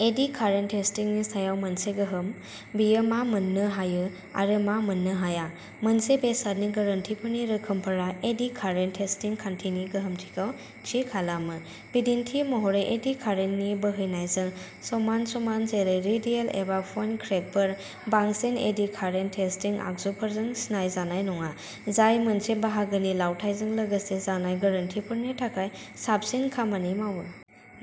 Eddie current टेस्टिंनि सायाव मोनसे गोहोम, बेयो मा मोन्नो हायो, आरो मा मोननो हाया। मोनसे बेसादनि गोरोन्थिफोरनि रोखोमफोरा एडि कारेन्ट टेस्टिं खान्थिनि गोहोमथिखौ थि खालामो। बिदिन्थि महरै, एडि कारेन्टनि बोहैनायजों समान-समान जेरै रेडियेल एबा पइन्ट क्रेकफोर बांसिन एडि कारेन्ट टेस्टिं आगजुफोरजों सिनाय जानाय नङा, जाय मोनसे बाहागोनि लावथाइजों लोगोसे जानाय गोरोन्थिफोरनि थाखाय साबसिन खामानि मावो।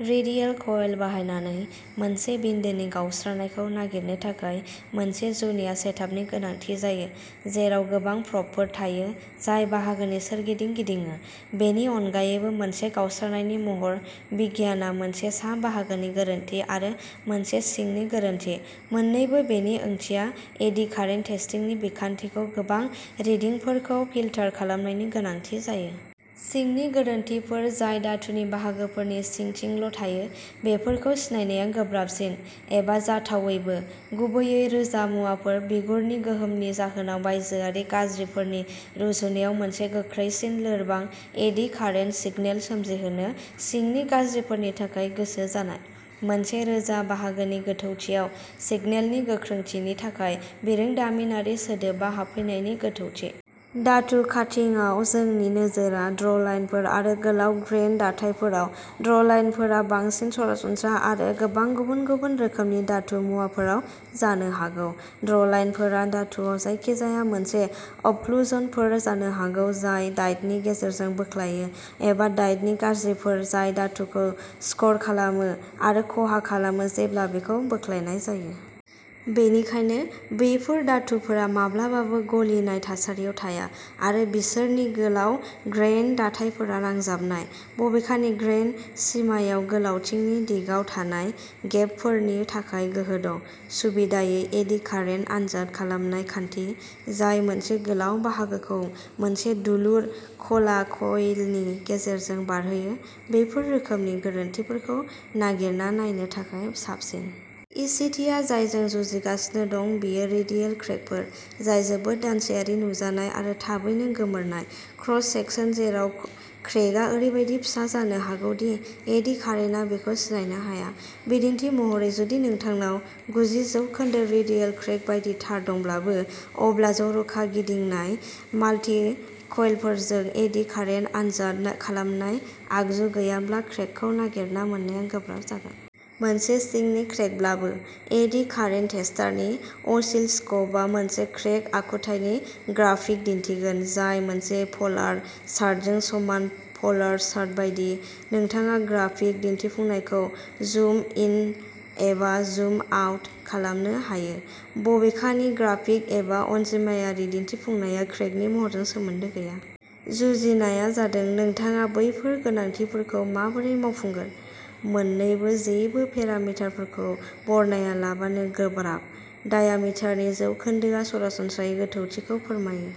रेडियेल क'इल बाहायनानै मोनसे बिन्दोनि गावस्रानायखौ नागिरनो थाखाय मोनसे जुनिया सेटआपनि गोनांथि जायो, जेराव गोबां प्र'बफोर थायो जाय बाहागोनि सोरगिदिं गिदिङो। बेनि अनगायैबो, मोनसे गावस्रानायनि महर बिगियानआ मोनसे सा-बाहागोनि गोरोन्थि आरो मोनसे सिंनि गोरोन्थि मोन्नैबो बेनि ओंथिया एडि कारेन्ट टेस्टिं बिखान्थिखौ गोबां रिडिंफोरखौ फिल्टार खालामनायनि गोनांथि जायो। सिंनि गोरोन्थिफोर जाय धातुनि बाहागोफोरनि सिंथिंल' थायो, बेफोरखौ सिनायनाया गोब्राबसिन एबा जाथावैबो, गुबैयै रोजा मुवाफोर, बिगुरनि गोहोमनि जाहोनाव-बायजोआरि गाज्रिफोरनि रुजुनायाव मोनसे गोख्रैसिन लोरबां एडि कारेन्ट सिगनेल सोमजिहोनो सिंनि गाज्रिफोरनि थाखाय गोसो जानाय। मोनसे रोजा बाहागोनि गोथौथियाव सिगनेलनि गोख्रोंथिनि थाखाय बिरोंदामिनारि सोदोबा हाबफैनायनि गोथौथि। धातु काटिंआव, जोंनि नोजोरआ ड्र'लाइनफोर आरो गोलाव ग्रेइन दाथायफोराव। ड्र'लाइनफोरा बांसिन सरासनस्रा आरो गोबां गुबुन-गुबुन रोखोमनि धातु मुवाफोराव जानो हागौ। ड्र'लाइनफोरा धातुआव जायखिजाया मोनसे अबक्लुजनफोर जानो हागौ जाय डाइनि गेजेरजों बोख्लायो एबा डाइनि गाज्रिफोर जाय धातुखौ स्कर खालामो आरो खहा खालामो जेब्ला बेखौ बोख्लायनाय जायो। बेनिखायनो, बेफोर धातुफोरा माब्लाबाबो गलिनाय थासारियाव थाया, आरो बिसोरनि गोलाव ग्रेइन दाथायफोरा नांजाबनाय। बबेखानि, ग्रेइन सिमायाव गोलावथिंनि दिगाव थानाय गेपफोरनि थाखाय गोहो दं। सुबिदायै, एडि कारेन्ट आनजाद खालामनाय खान्थि, जाय मोनसे गोलाव बाहागोखौ मोनसे दुलुर, ख'ला क'इलनि गेजेरजों बारहोयो, बेफोर रोखोमनि गोरोन्थिफोरखौ नागिरना नायनो थाखाय साबसिन। इसिटिआ जायजों जुजिगासिनो दं बेयो रेडियेल क्रेकफोर, जाय जोबोद दानदिसेयारि-नुजानाय आरो थाबैनो गोमोरनाय। क्रस सेकसन जेराव क्रेकआ ओरैबायदि फिसा जानो हागौ दि एडि कारेन्टआ बेखौ सिनायनो हाया। बिदिन्थि महरै, जुदि नोंथांनाव गुजि जौखोन्दो रेडियेल क्रेक बायदि तार दंब्लाबो, अब्ला जर'खा गिदिंनाय माल्टि-क'इलफोरजों एडि कारेन्ट आनजाद खालामनाय आगजु गैयाब्ला क्रेकखौ नागिरना मोन्नायआ गोब्राब जागोन। मोनसे सिंनि क्रेकब्लाबो। एडि कारेन्ट टेस्टारनि असिलस्कपआ मोनसे क्रेक आखुथायनि ग्राफिक दिन्थिगोन, जाय मोनसे पलार चार्टजों समान पोलार चार्ट बायदि, नोंथाङा ग्राफिक दिन्थिफुंनायखौ जुम इन एबा जुम आउट खालामनो हायो। बबेखानि, ग्राफिक एबा अनजिमायारि दिन्थिफुंनाया क्रेकनि महरजों सोमोन्दो गैया। जुजिनाया जादों नोंथाङा बैफोर गोनांथिफोरखौ माबोरै मावफुंगोन? मोननैबो जेबो पेरामिटारफोरखौ बरनायालाबानो गोब्राब। डायामिटारनि जौखोन्दोआ सरासनस्रायै गोथौथिखौ फोरमायो।